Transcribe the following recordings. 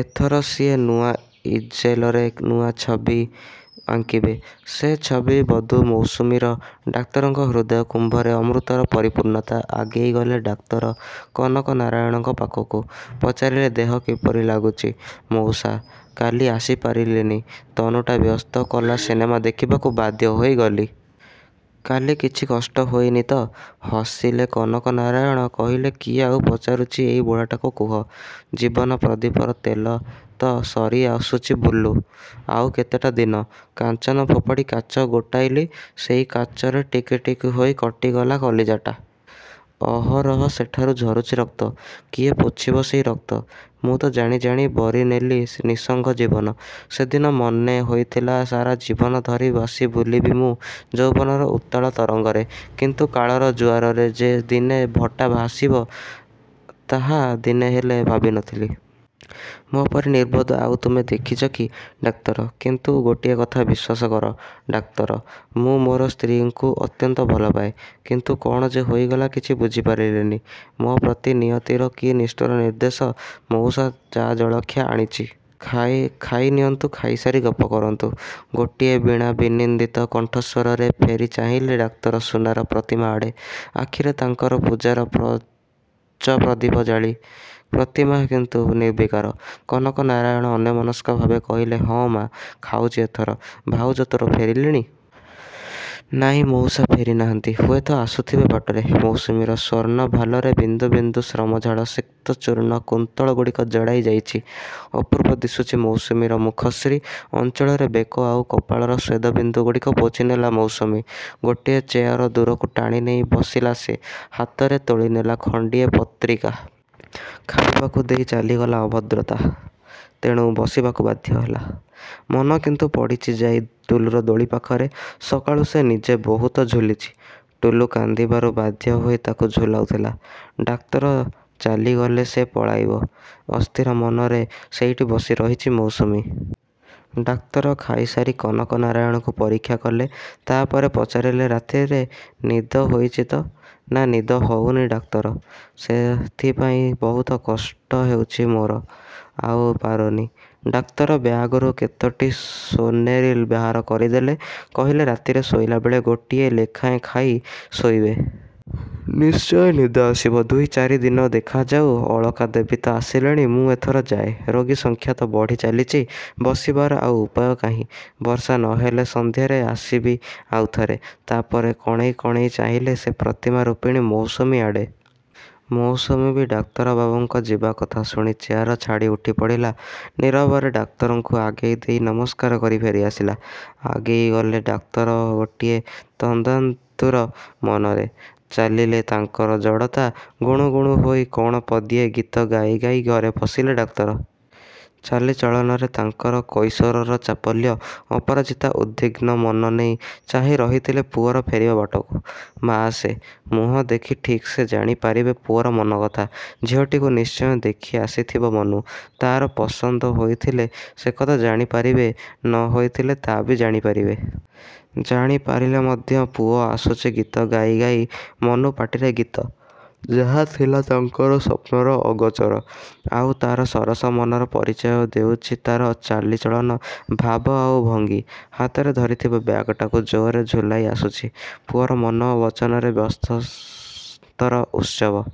ଏଥର ସିଏ ନୂଆ ଇଜେଲରେ ନୂଆ ଛବି ଆଙ୍କିବେ। ସେ ଛବି ବଧୂ ମୌସୁମୀର। ଡାକ୍ତରଙ୍କ ହୃଦୟ-କୁମ୍ଭରେ ଅମୃତର ପରିପୂର୍ଣ୍ଣତା। ଆଗେଇଗଲେ ଡାକ୍ତର କନକ ନାରାୟଣଙ୍କ ପାଖକୁ। ପଚାରିଲେ, ଦେହ କିପରି ଲାଗୁଛି, ମଉସା? କାଲି ଆସିପାରିଲିନି, ତନୁଟା ବ୍ୟସ୍ତ କଲା ସିନେମା ଦେଖିବାକୁ। ବାଧ୍ୟ ହୋଇ ଗଲି। କାଲି କିଛି କଷ୍ଟ ହୋଇନି ତ? ହସିଲେ କନକ ନାରାୟଣ। କହିଲେ, କିଏ ଆଉ ପଚାରୁଛି ଏଇ ବୁଢ଼ାଟାକୁ, କୁହ? ଜୀବନ-ପ୍ରଦୀପର ତେଲ ତ ସରିଆସୁଛି, ବୁଲୁ। ଆଉ କେତେଟା ଦିନ! କାଞ୍ଚନ ଫୋପାଡ଼ି କାଚ ଗୋଟେଇଲି, ସେଇ କାଚରେ ଟିକି ଟିକି ହୋଇ କଟିଗଲା କଲିଜାଟା। ଅହରହ ସେଠାରୁ ଝରୁଛି ରକ୍ତ। କିଏ ପୋଛିବ ସେଇ ରକ୍ତ? ମୁଁ ତ ଜାଣିଜାଣି ବରିନେଲି ନିଃସଙ୍ଗ ଜୀବନ। ସେଦିନ ମନେହୋଇଥିଲା ସାରା ଜୀବନ ଧରି ଭାସି ବୁଲିବି ମୁଁ ଯୌବନର ଉତ୍ତାଳ ତରଙ୍ଗରେ। କିନ୍ତୁ କାଳର ଜୁଆରରେ ଯେ ଦିନେ ଭଟ୍ଟା ଆସିବ, ତାହା ଦିନେହେଲେ ଭାବିନଥିଲି। ମୋ ପରି ନିର୍ବୋଧ ଆଉ ତୁମେ ଦେଖିଛ କି, ଡାକ୍ତର? କିନ୍ତୁ ଗୋଟିଏ କଥା ବିଶ୍ୱାସ କର, ଡାକ୍ତର, ମୁଁ ମୋର ସ୍ତ୍ରୀଙ୍କୁ ଅତ୍ୟନ୍ତ ଭଲପାଏ। କିନ୍ତୁ କ'ଣ ଯେ ହୋଇଗଲା, କିଛି ବୁଝିପାରିଲିନି। ମୋ ପ୍ରତି ନିୟତିର କି ନିଷ୍ଠୁର ନିର୍ଦ୍ଦେଶ! ମଉସା, ଚା-ଜଳଖିଆ ଆଣିଛି। ଖାଇ ଖାଇନିଅନ୍ତୁ। ଖାଇସାରି ଗପ କରନ୍ତୁ। ଗୋଟିଏ ବୀଣା-ବିନିନ୍ଦିତ କଣ୍ଠସ୍ୱରରେ ଫେରି ଚାହିଁଲେ ଡାକ୍ତର ସୁନାର ପ୍ରତିମା ଆଡ଼େ, ଆଖିରେ ତାଙ୍କର ପୂଜାର ପଞ୍ଚପ୍ରଦୀପ ଜାଳି। ପ୍ରତିମା କିନ୍ତୁ ନିର୍ବିକାର। କନକ ନାରାୟଣ ଅନ୍ୟମନସ୍କ ଭାବେ କହିଲେ, "ହଁ, ମାଆ, ଖାଉଛି ଏଥର। ଭାଉଜ ତୋର ଫେରିଲେଣି? ନାଇଁ, ମଉସା, ଫେରିନାହାନ୍ତି। ହୁଏତ ଆସୁଥିବେ ବାଟରେ। ମୌସୁମୀର ସ୍ୱର୍ଣ୍ଣଭାଲରେ ବିନ୍ଦୁ ବିନ୍ଦୁ ଶ୍ରମଝାଳ-ସିକ୍ତ ଚୂର୍ଣ୍ଣ କୁନ୍ତଳଗୁଡ଼ିକ ଜଡ଼ାଇ ଯାଇଛି। ଅପୂର୍ବ ଦିଶୁଛି ମୌସୁମୀର ମୁଖଶ୍ରୀ। ଅଞ୍ଚଳରେ ବେକ ଆଉ କପାଳର ଶ୍ୱେଦବିନ୍ଦୁଗୁଡ଼ିକ ପୋଛିନେଲା ମୌସୁମୀ। ଗୋଟିଏ ଚେୟାର ଦୂରକୁ ଟାଣିନେଇ ବସିଲା ସେ। ହାତରେ ତୋଳିନେଲା ଖଣ୍ଡିଏ ପତ୍ରିକା। ଖାଇବାକୁ ଦେଇ ଚାଲିଯିବା ଅଭଦ୍ରତା, ତେଣୁ ବସିବାକୁ ବାଧ୍ୟହେଲା। ମନ କିନ୍ତୁ ପଡ଼ିଛି ଯାଇ ଟୁଲୁର ଦୋଳି ପାଖରେ। ସକାଳୁ ସେ ନିଜେ ବହୁତ ଝୁଲିଛି। ଟୁଲୁ କାନ୍ଦିବାରୁ ବାଧ୍ୟହୋଇ ତାକୁ ଝୁଲାଉଥିଲା। ଡାକ୍ତର ଚାଲିଗଲେ ସେ ପଳାଇବ। ଅସ୍ଥିର ମନରେ ସେଇଠି ବସି ରହିଛି ମୌସୁମୀ। ଡାକ୍ତର ଖାଇସାରି କନକ ନାରାୟଣଙ୍କୁ ପରୀକ୍ଷା କଲେ। ତା'ପରେ ପଚାରିଲେ, ରାତିରେ ନିଦ ହୋଇଛି ତ? ନା, ନିଦ ହେଉନି, ଡାକ୍ତର। ସେଥିପାଇଁ ବହୁତ କଷ୍ଟ ହେଉଛି ମୋର। ଆଉ ପାରୁନି। ଡାକ୍ତର ବ୍ୟାଗରୁ କେତୋଟି 'ସୋନେରିଲ୍' ବାହାର କରିଦେଲେ। କହିଲେ, "ରାତିରେ ଶୋଇଲାବେଳେ ଗୋଟିଏ ଲେଖାଏଁ ଖାଇ ଶୋଇବେ। ନିଶ୍ଚୟ ନିଦ ଆସିବ। ଦୁଇ-ଚାରିଦିନ ଦେଖାଯାଉ। ଅଳକା ଦେବୀ ତ ଆସିଲେଣି, ମୁଁ ଏଥର ଯାଏ। ରୋଗୀ ସଂଖ୍ୟା ତ ବଢ଼ିଚାଲିଛି, ବସିବାର ଆଉ ଉପାୟ କାହିଁ! ବର୍ଷା ନ ହେଲେ ସନ୍ଧ୍ୟାରେ ଆସିବି ଆଉଥରେ। ତା'ପରେ କଣେଇ କଣେଇ ଚାହିଁଲେ ସେ ପ୍ରତିମା-ରୂପିଣୀ ମୌସୁମୀ ଆଡ଼େ। ମୌସୁମୀ ବି ଡାକ୍ତରବାବୁଙ୍କ ଯିବା କଥା ଶୁଣି ଚେୟାର ଛାଡ଼ି ଉଠିପଡ଼ିଲା। ନୀରବରେ ଡାକ୍ତରଙ୍କୁ ଆଗେଇ ଦେଇ ନମସ୍କାର କରି ଫେରିଆସିଲା। ଆଗେଇ ଗଲେ ଡାକ୍ତର ଗୋଟିଏ ତନ୍ଦ୍ରାତୁର ମନରେ। ଚାଲିରେ ତାଙ୍କର ଜଡ଼ତା। ଗୁଣୁଗୁଣୁ ହୋଇ କ'ଣ ପଦିଏ ଗୀତ ଗାଇ ଗାଇ ଘରେ ପଶିଲେ ଡାକ୍ତର। ଚାଲିଚଳନରେ ତାଙ୍କର କୈଶୋରର ଚାପଲ୍ୟ। ଅପରାଜିତା ଉଦ୍ବିଘ୍ନ ମନ ନେଇ ଚାହିଁ ରହିଥିଲେ ପୁଅର ଫେରିବା ବାଟକୁ। ମାଆ ସେ। ମୁହଁ ଦେଖି ଠିକ୍ ସେ ଜାଣିପାରିବେ ପୁଅର ମନକଥା। ଝିଅଟିକୁ ନିଶ୍ଚୟ ଦେଖିଆସିଥିବ ମନୁ। ତା'ର ପସନ୍ଦ ହୋଇଥିଲେ ସେକଥା ଜାଣିପାରିବେ, ନ ହୋଇଥିଲେ ତା'ବି ଜାଣିପାରିବେ। ଜାଣିପାରିଲେ ମଧ୍ୟ। ପୁଅ ଆସୁଛି ଗୀତ ଗାଇ ଗାଇ। ମନୁ ପାଟିରେ ଗୀତ! ଯାହା ଥିଲା ତାଙ୍କର ସ୍ୱପ୍ନର ଅଗୋଚର। ଆଉ ତା'ର ସରସ ମନର ପରିଚୟ ଦେଉଛି ତା'ର ଚାଲିଚଳନ, ଭାବ ଆଉ ଭଙ୍ଗୀ। ହାତରେ ଧରିଥିବା ବ୍ୟାଗଟାକୁ ଜୋରରେ ଝୁଲାଇ ଆସୁଛି। ପୁଅର ମନ ଓ ବଚନରେ ବସସ୍ ନ୍ତର ଉତ୍ସବ।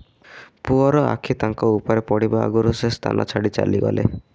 ପୁଅର ଆଖି ତାଙ୍କ ଉପରେ ପଡ଼ିବା ଆଗରୁ ସେ ସ୍ଥାନ ଛାଡ଼ି ଚାଲିଗଲେ।